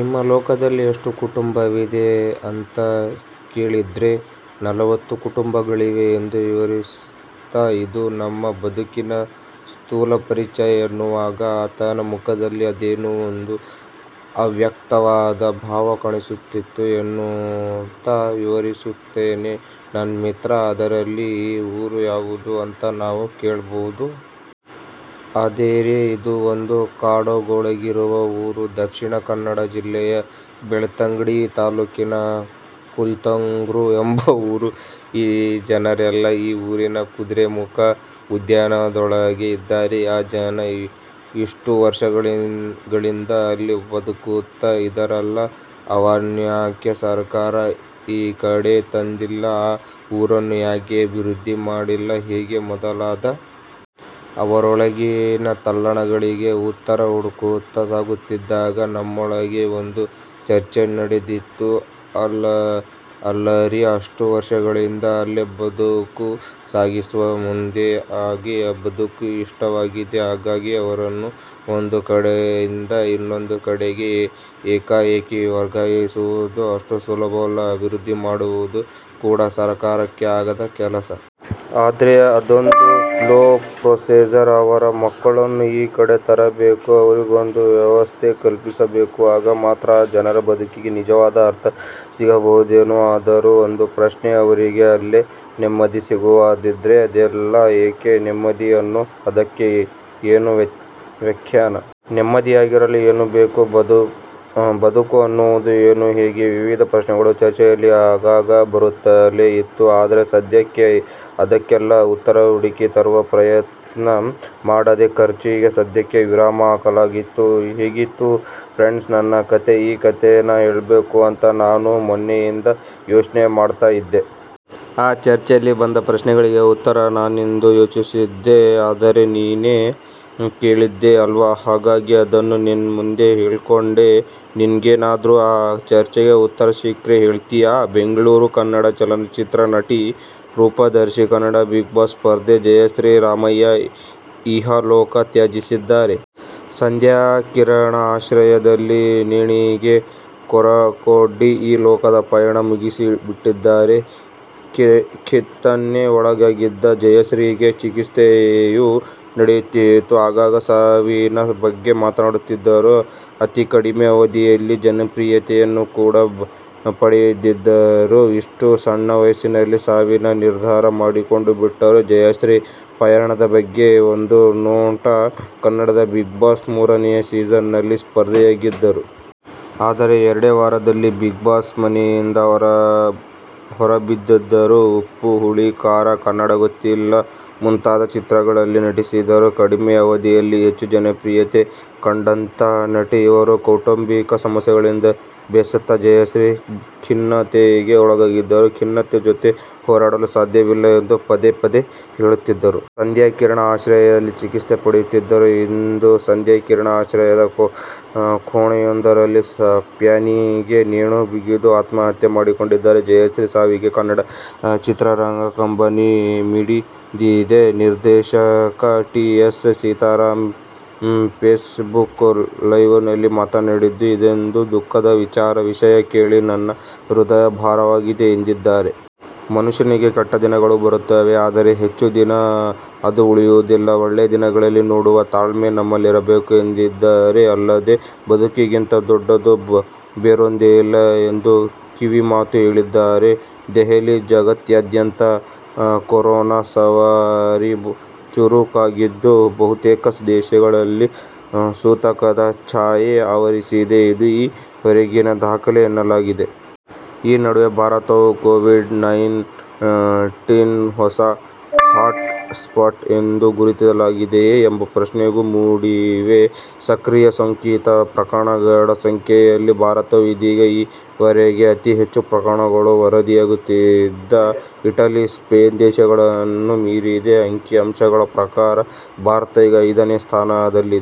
ನಿಮ್ಮ ಲೋಕದಲ್ಲಿ ಎಷ್ಟು ಕುಟುಂಬವಿದೆ ಅಂತ ಕೇಳಿದ್ರೆ, ನಲವತ್ತು ಕುಟುಂಬಗಳಿವೆ ಎಂದು ವಿವರಿಸ್ತಾ ಇದು ನಮ್ ಬದುಕಿನ ಸ್ಥೂಲ ಪರಿಚಯ ಎನ್ನುವಾಗ ಆತನ ಮುಖದಲ್ಲಿ ಅದೇನೋ ಒಂದು ಅವ್ಯಕ್ತವಾದ ಭಾವ ಕಾಣಿಸುತ್ತಿತ್ತು, ಎನ್ನುತ್ತಾ ವಿವರಿಸುತ್ತಾನೆ ನನ್ ಮಿತ್ರ. ಅದಿರಲಿ ಈ ಊರು ಯಾವುದು ಅಂತ ನಾವು ಕೇಳ್ಬಹುದಾ? ಅದೇರೀ ಇದೂ ಒಂದು ಕಾಡೋಳಗಿರುವ ಊರು. ದಕ್ಷಿಣ ಕನ್ನಡ ಜಿಲ್ಲೆಯ ಬೆಳ್ತಂಗಡಿ ತಾಲೂಕಿನ ಕುತ್ಲೂರು ಎಂಬ ಊರು. ಈ ಜನರೆಲ್ಲಾ ಈ ಊರಿನ ಕುದುರೆಮುಖ ಉದ್ಯಾನವನದೊಳಗೆ ಇದಾರೆ. ಆ ಜನ ಇಷ್ಟೂ ವರ್ಷಗಳಿಂದ ಅಲ್ಲಿ ಬದುಕುತ್ತಾ ಇದಾರಲ್ಲ ಅವರನ್ಯಾಕೆ ಸರಕಾರ ಈ ಕಡೆ ತಂದಿಲ್ಲ, ಆ ಊರನ್ನು ಯಾಕೆ ಅಭಿವೃದ್ದಿ ಮಾಡಿಲ್ಲ ಹೀಗೆ ಮೊದಲಾದ.. ಅವರೊಳಗಿನ ತಲ್ಲಣಗಳಿಗೆ ಉತ್ತರ ಹುಡುಕುತ್ತಾ ಸಾಗುತ್ತಿದ್ದಾಗ, ನಮ್ಮೊಳಗೆ ಒಂದು ಚರ್ಚೆ ನಡೆದಿತ್ತು. ಅಲ್ಲಾರೀ ಅಷ್ಟೂ ವರ್ಷಗಳಿಂದ ಅಲ್ಲೇ ಬದುಕು ಸಾಗಿಸುವ ಮಂದಿಗೆ ಆ ಬದುಕು ಇಷ್ಟವಾಗಿದೆ. ಹಾಗಾಗಿ ಅವರನ್ನು ಒಂದು ಕಡೆಯಿಂದ ಇನ್ನೊಂದು ಕಡೆಗೆ ಏಕಾಏಕಿ ವರ್ಗಾಯಿಸುವುದು ಅಷ್ಟು ಸುಲಭವಲ್ಲ. ಅಭಿವೃದ್ದಿ ಮಾಡುವುದೂ ಕೂಡಾ ಸರಕಾರಕ್ಕೆ ಆಗದ ಕೆಲಸ. ಆದ್ರೆ ಅದೊಂದು ಸ್ಲೋ ಪ್ರೋಸೆಸ್. ಅವರ ಮಕ್ಕಳನ್ನು ಈ ಕಡೆ ತರಬೇಕು. ಅವ್ರಿಗೊಂದು ವ್ಯವಸ್ಥೆ ಕಲ್ಪಿಸಬೇಕು ಆಗ ಮಾತ್ರಾ ಆ ಜನರ ಬದುಕಿಗೆ ನಿಜವಾದ ಅರ್ಥ ಸಿಗಬಹುದೇನೋ? ಆದರೂ ಒಂದು ಪ್ರಶ್ನೆ ಅವ್ರಿಗೆ ಅಲ್ಲೇ ನೆಮ್ಮದಿ ಸಿಗುವದಾದ್ರೆ ಇದೆಲ್ಲಾ ಯಾಕೆ.? ನೆಮ್ಮದಿ ಅನ್ನೋ ಪದಕ್ಕೆ ಏನು ವ್ಯಾಖ್ಯಾನ.?. ನೆಮ್ಮದಿಯಾಗಿರಲು ಏನು ಬೇಕು? ಬದುಕು ಅನ್ನುವುದು ಏನು..? ಹೀಗೇ ವಿವಿದ ಪ್ರಶ್ನೆಗಳು ಚರ್ಚೆಯಲ್ಲಿ ಆಗಾಗ ಬರುತ್ತಲೇ ಇತ್ತು. ಆದ್ರೆ ಸದ್ಯಕ್ಕೆ ಅದಕ್ಕೆಲ್ಲಾ ಉತ್ತರ ಹುಡುಕಿ ತರುವ ಪ್ರಯತ್ನ ಮಾಡದೆ ಚರ್ಚೆಗೆ ಸದ್ಯಕ್ಕೆ ವಿರಾಮ ಹಾಕಲಾಗಿತ್ತು. ಹೇಗಿತ್ತು ಫ್ರಂಡ್ ನನ್ನ ಕತೆ.ಈ ಕತೆನಾ ಹೇಳ್ಬೇಕು ಅಂತಾ ನಾನು ಮೊನ್ನೆಯಿಂದ ಯೋಚ್ನೆ ಮಾಡ್ತಾ ಇದ್ದೆ. ಆ ಚರ್ಚೆಯಲ್ಲಿ ಬಂದ ಪ್ರಶ್ನೆಗಳಿಗೆ ಉತ್ತರ ನಾನಿಂದು ಯೋಚಿಸ್ತಿದ್ದೆ, ಆದರೆ ನೀನೇ ಕೇಳಿದೆ ಅಲ್ವಾ, ಹಾಗಾಗಿ ಅದನ್ನು ನಿನ್ ಮುಂದೆ ಹೇಳಿಕೊಂಡೆ. ನಿನ್ಗೇನಾದ್ರೂ ಆ ಚರ್ಚೆಗೆ ಉತ್ತರ ಸಿಕ್ರೆ ಹೇಳ್ತಿಯಾ? ಬೆಂಗಳೂರು: ಕನ್ನಡ ಚಲನಚಿತ್ರ ನಟಿ, ರೂಪದರ್ಶಿ, ಕನ್ನಡ ಬಿಗ್ ಬಾಸ್ ಸ್ಪರ್ಧಿ ಜಯಶ್ರೀ ರಾಮಯ್ಯ ಇಹ ಲೋಕ ತ್ಯಜಿಸಿದ್ದಾರೆ. ಸಂಧ್ಯಾ ಕಿರಣ ಆಶ್ರಮದಲ್ಲಿ ನೇಣಿಗೆ ಕೊರಳೊಡ್ಡಿ ಈ ಲೋಕದ ಪಯಣ ಮುಗಿಸಿಬಿಟ್ಟಿದ್ದಾರೆ. ಖಿನ್ನತೆಗೆ ಒಳಗಾಗಿದ್ದ ಜಯಶ್ರೀಗೆ ಚಿಕಿತ್ಸೆಯೂ ನಡೆಯುತ್ತಿತ್ತು. ಆಗಾಗ ಸಾವಿನ ಬಗ್ಗೆ ಮಾತನಾಡುತ್ತಿದ್ದರು. ಅತಿ ಕಡಿಮೆ ಅವಧಿಯಲ್ಲಿ ಜನಪ್ರಿಯತೆಯನ್ನು ಕೂಡಾ ಪಡೆದಿದ್ದರು. ಇಷ್ಟು ಸಣ್ಣ ವಯಸ್ಸಿನಲ್ಲಿ ಸಾವಿನ ನಿರ್ಧಾರ ಮಾಡಿಕೊಂಡು ಬಿಟ್ಟರು. ಜಯಶ್ರೀ ಪಯಣದ ಬಗ್ಗೆ ಒಂದು ನೋಟ ಕನ್ನಡದ ಬಿಗ್ ಬಾಸ್ ಮೂರನೇ ಸೀಸನ್ ನಲ್ಲಿ ಸ್ಪರ್ಧಿಯಾಗಿದ್ದರು. ಆದರೆ ಎರಡೇ ವಾರದಲ್ಲಿ ಬಿಗ್ ಬಾಸ್ ಮನೆಯಿಂದ ಹೊರಬಿದ್ದಿದ್ದರು. ಉಪ್ಪು ಹುಳಿ ಖಾರ, ಕನ್ನಡ ಗೊತ್ತಿಲ್ಲ ಮುಂತಾದ ಚಿತ್ರಗಳಲ್ಲಿ ನಟಿಸಿದ್ದರು.. ಕಡಿಮೆ ಅವಧೀಯಲ್ಲಿ ಹೆಚ್ಚು ಜನಪ್ರಿಯತೆ ಕಂಡಂಥಹ ನಟಿ ಇವರು ಕೌಟುಂಬಿಕ ಸಮಸ್ಯೆಗಳಿಂದ ಬೇಸತ್ತ ಜಯಶ್ರೀ ಖಿನ್ನತೆಗೆ ಒಳಗಾಗಿದ್ದರು. ಖಿನ್ನತೆ ಜೊತೆ ಹೋರಾಡಲು ಸಾಧ್ಯವಿಲ್ಲ ಎಂದು ಪದೇ ಪದೇ ಹೇಳುತ್ತಿದ್ದರು. ಸಂಧ್ಯಾ ಕಿರಣ ಆಶ್ರಮದಲ್ಲಿ ಚಿಕಿತ್ಸೆ ಪಡೆಯುತ್ತಿದ್ದರು. ಇಂದು ಸಂಧ್ಯಾ ಕಿರಣ ಆಶ್ರಮದ ಕೋಣೆಯೊಂದರಲ್ಲಿ ಫ್ಯಾನಿಗೆ ನೇಣು ಬಿಗಿದು ಆತ್ಮಹತ್ಯೆ ಮಾಡಿಕೊಂಡಿದ್ದಾರೆ. ಜಯಶ್ರೀ ಸಾವಿಗೆ ಕನ್ನಡ ಚಿತ್ರರಂಗ ಕಂಬನಿ ಮಿಡಿದಿದೆ. ನಿರ್ದೇಶಕ T N Seetharam Facebook ಲೈವಲ್ಲಿ ಮಾತನಾಡಿದ್ದು, ಇದೊಂದು ದುಃಖದ ವಿಚಾರ. ವಿಷಯ ಕೇಳಿ ನನ್ನ ಹೃದಯ ಭಾರವಾಗಿದೆ ಎಂದಿದ್ದಾರೆ. ಮನುಷ್ಯನಿಗೆ ಕೆಟ್ಟ ದಿನಗಳು ಬರುತ್ತವೆ ಆದರೆ ಹೆಚ್ಚು ದಿನ ಅದು ಉಳಿಯುವುದಿಲ್ಲ. ಒಳ್ಳೆಯ ದಿನಗಳನ್ನು ನೋಡುವ ತಾಳ್ಮೆ ನಮ್ಮಲ್ಲಿರಬೇಕು ಎಂದಿದ್ದಾರೆ. ಅಲ್ಲದೆ ಬದುಕಿಗಿಂತ ದೊಡ್ಡದು ಬೇರೊಂದಿಲ್ಲ ಎಂದು ಕಿವಿಮಾತು ಹೇಳಿದ್ದಾರೆ. ದೆಹಲಿ: ಜಗತ್ತಿನಾದ್ಯಂತ ಕೊರೋನಾ ಸವಾರಿ ಚುರುಕಾಗಿದ್ದು ಬಹುತೇಕ ದೇಶಗಳಲ್ಲಿ ಸೂತಕದ ಛಾಯೆ ಆವರಿಸಿದೆ. ಇದು ಈ ವರೆಗಿನ ದಾಖಲೆ ಎನ್ನಲಾಗಿದೆ. ಈ ನಡುವೆ ಭಾರತವು ಕೋವಿಡ್ -ನೈನ್ ಟೀನ್ ಹೊಸ ಹಾಟ್ ಸ್ಪಾಟ್ ಎಂದು ಗುರುತಾಗಿದೆಯೇ? ಎಂಬ ಪ್ರಶ್ನೆಗಳೂ ಮೂಡಿವೆ. ಸಕ್ರಿಯ ಸೋಂಕಿತ ಪ್ರಕರಣಗಳ ಸಂಖ್ಯೆಯಲ್ಲಿ ಭಾರತವು ಇದೀಗ ಈ ವರೆಗೆ ಅತೀ ಹೆಚ್ಚು ಪ್ರಕರಣಗಳು ವರದಿಯಾಗುತ್ತಿದ್ದ ಇಟಲಿ, ಸ್ಪೇನ್ ದೇಶಗಳನ್ನೂ ಮೀರಿದೆ. ಅಂಕಿ ಅಂಶಗಳ ಪ್ರಕಾರ ಭಾರತ ಈಗ ಐದನೇ ಸ್ಥಾನದಲ್ಲಿದೆ.